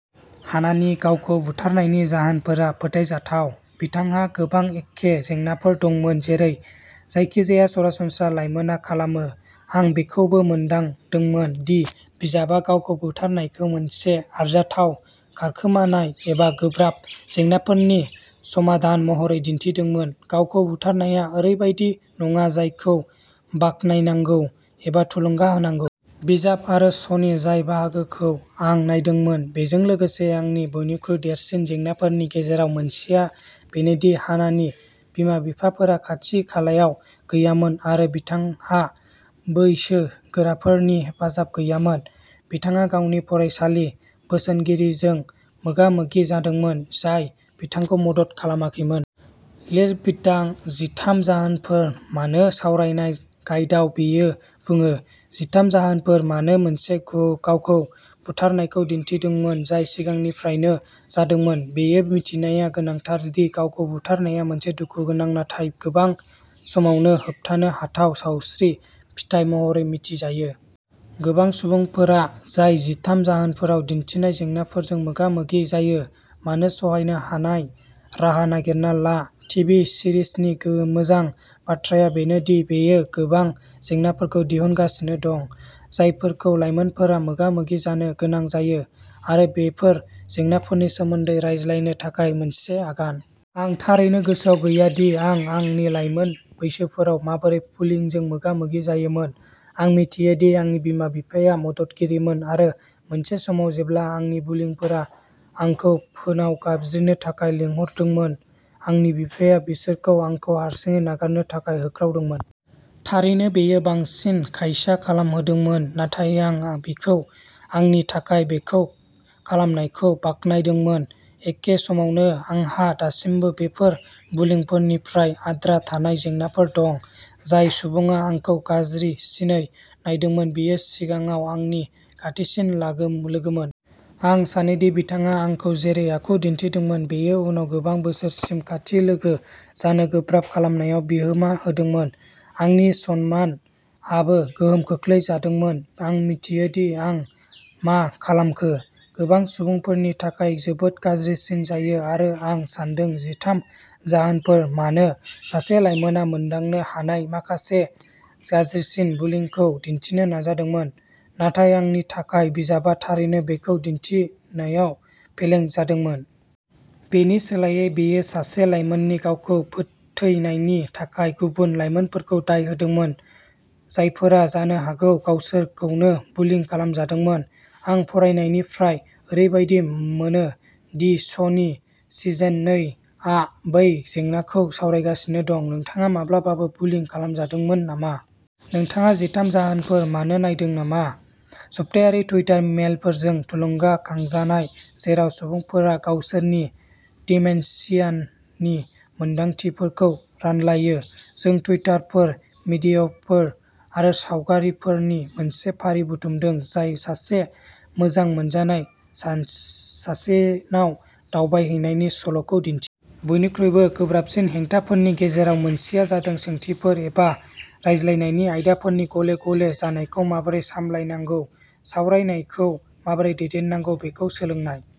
हानानि गावखौ बुथारनायनि जाहोनफोरा फोथायजाथाव। बिथांहा गोबां एखे जेंनाफोर दंमोन जेरै जायखिजाया सरासनस्रा लाइमोनआ खालामो। आं बेखौबो मोनदांदोंमोन दि बिजाबआ गावखौ बुथारनायखौ मोनसे आरजाथाव खारखोमानाय एबा गोब्राब जेंनाफोरनि समाधान महरै दिन्थिदोंमोन। गावखौ बुथारनाया ओरैबायदि नङा जायखौ बाखनायनांगौ एबा थुलुंगा होनांगौ। बिजाब आरो श'नि जाय बाहागोखौ आं नायदोंमोन, बेजों लोगोसे आंनि बयनिख्रुइ देरसिन जेंनाफोरनि गेजेराव मोनसेआ बेनोदि हानानि बिमा-बिफाफोरा खाथि-खालायाव गैयामोन आरो बिथांहा बैसोगोराफोरनि हेफाजाब गैयामोन। बिथाङा गावनि फरायसालि बोसोनगिरिजों मोगामोगि जादोंमोन, जाय बिथांखौ मदद खालामाखैमोन। लिरबिदां जिथाम जाहोनफोर मानो सावरायनाय गाइदाव बेयो बुङो, जिथाम जाहोनफोर मानो मोनसे गु गावखौ बुथारनायखौ दिन्थिदोंमोन जाय सिगांनिफ्रायनो जादोंमोन, बेयो मिथिनाया गोनांथार दि गावखौ बुथारनाया मोनसे दुखुगोनां नाथाय गोबां समावनो होबथानो हाथाव सावस्रि फिथाय महरै मिथिजायो। गोबां सुबुंफोरा जाय जिथाम जाहोनफोराव दिन्थिनाय जेंनाफोरजों मोगा-मोगि जायो। मानो सहायनो हानाय राहा नागिरना ला। टिभि सिरिसनि गो मोजां बाथ्राया बेनो दि बेयो गोबां जेंनाफोरखौ दिहुनगासिनो दं, जायफोरखौ लाइमोनफोरा मोगा-मोगि जानो गोनां जायो आरो बेफोर जेंनाफोरनि सोमोन्दै रायज्लायनो थाखाय मोनसे आगान। आं थारैनो गोसोआव गैया दि आं आंनि लाइमोन बोसोरफोराव माबोरै बुलिंजों मोगा-मोगि जायोमोन। आं मिथियोदि आंनि बिमा-बिफाया मददगिरिमोन आरो मोनसे समाव जेब्ला आंनि बुलिंफोरा आंखौ फोनाव गाबज्रिनो थाखाय लिंहरदोंमोन, आंनि बिफाया बिसोरखौ आंखौ हारसिङै नागारनो थाखाय होख्रावदोंमोन। थारैनो, बेयो बांसिन खायसो खालामहोदोंमोन, नाथाय आं बिखौ आंनि थाखाय बेखौ खालामनायखौ बाख्नायदोंमोन। एखे समावनो, आंहा दासिमबो बेफोर बुलिंफोरनिफ्राय आद्रा थानाय जेंनाफोर दं। जाय सुबुङा आंखौ गाज्रिसिनै नायदोंमोन बियो सिगाङाव आंनि खाथिसिन लागोम लोगोमोन। आं सानोदि बिथाङा आंखौ जेरै आखु दिन्थिदोंमोन, बेयो उनाव गोबां बोसोरसिम खाथि लोगो जानो गोब्राब खालामनायाव बिहोमा होदोंमोन। आंनि सनमान आबो गोहोम खोख्लैजादोंमोन। आं मिथियो दि आं मा खालामखो। गोबां सुबुंफोरनि थाखाय जोबोद गाज्रिसिन जायो आरो आं सान्दों जिथाम जाहोनफोर मानो सासे लाइमोनआ मोनदांनो हानाय माखासे गाज्रिसिन बुलिंखौ दिन्थिनो नाजादोंमोन, नाथाय आंनि थाखाय, बिजाबआ थारैनो बेखौ दिन्थिनोयाव फेलें जादोंमोन। बेनि सोलायै, बेयो सासे लाइमोननि गावखौ फोथैनायनि थाखाय गुबुन लाइमोनफोरखौ दाय होदोंमोन, जायफोरा जानो हागौ गावसोरखौनो बुलिं खालामजादोंमोन। आं फरायनायनिफ्राय, ओरैबायदि मोनो दि श'नि सिजोन नै आ बै जेंनाखौ सावरायगासिनो दं। नोंथाङा माब्लाबाबो बुलिं खालामजादोंमोन नामा? नोंथाङा जिथाम जाहोनफोर मानो नायदों नामा? सप्तायारि टुइटार मेलफोरजों थुलुंगा खांजानाय जेराव सुबुंफोरा गावसोरनि दिमेन्सियानि मोनदांथिफोरखौ रानलायो, जों टुइटफोर, भिडिय'फोर आरो सावगारिफोरनि मोनसे फारि बुथुमदों जाय सासे मोजां मोनजानाय सानसे सासेनाव दावबायहैनायनि सल'खौ दिन्थि। बयनिख्रुइबो गोब्राबसिन हेंथाफोरनि गेजेराव मोनसेआ जादों सोंथिफोर एबा रायज्लायनायनि आयदाफोरनि गले गले जानायखौ माबोरै सामलायनांगौ सावरायनायखौ माबोरै दैदेननांगौ बेखौ सोलोंनाय।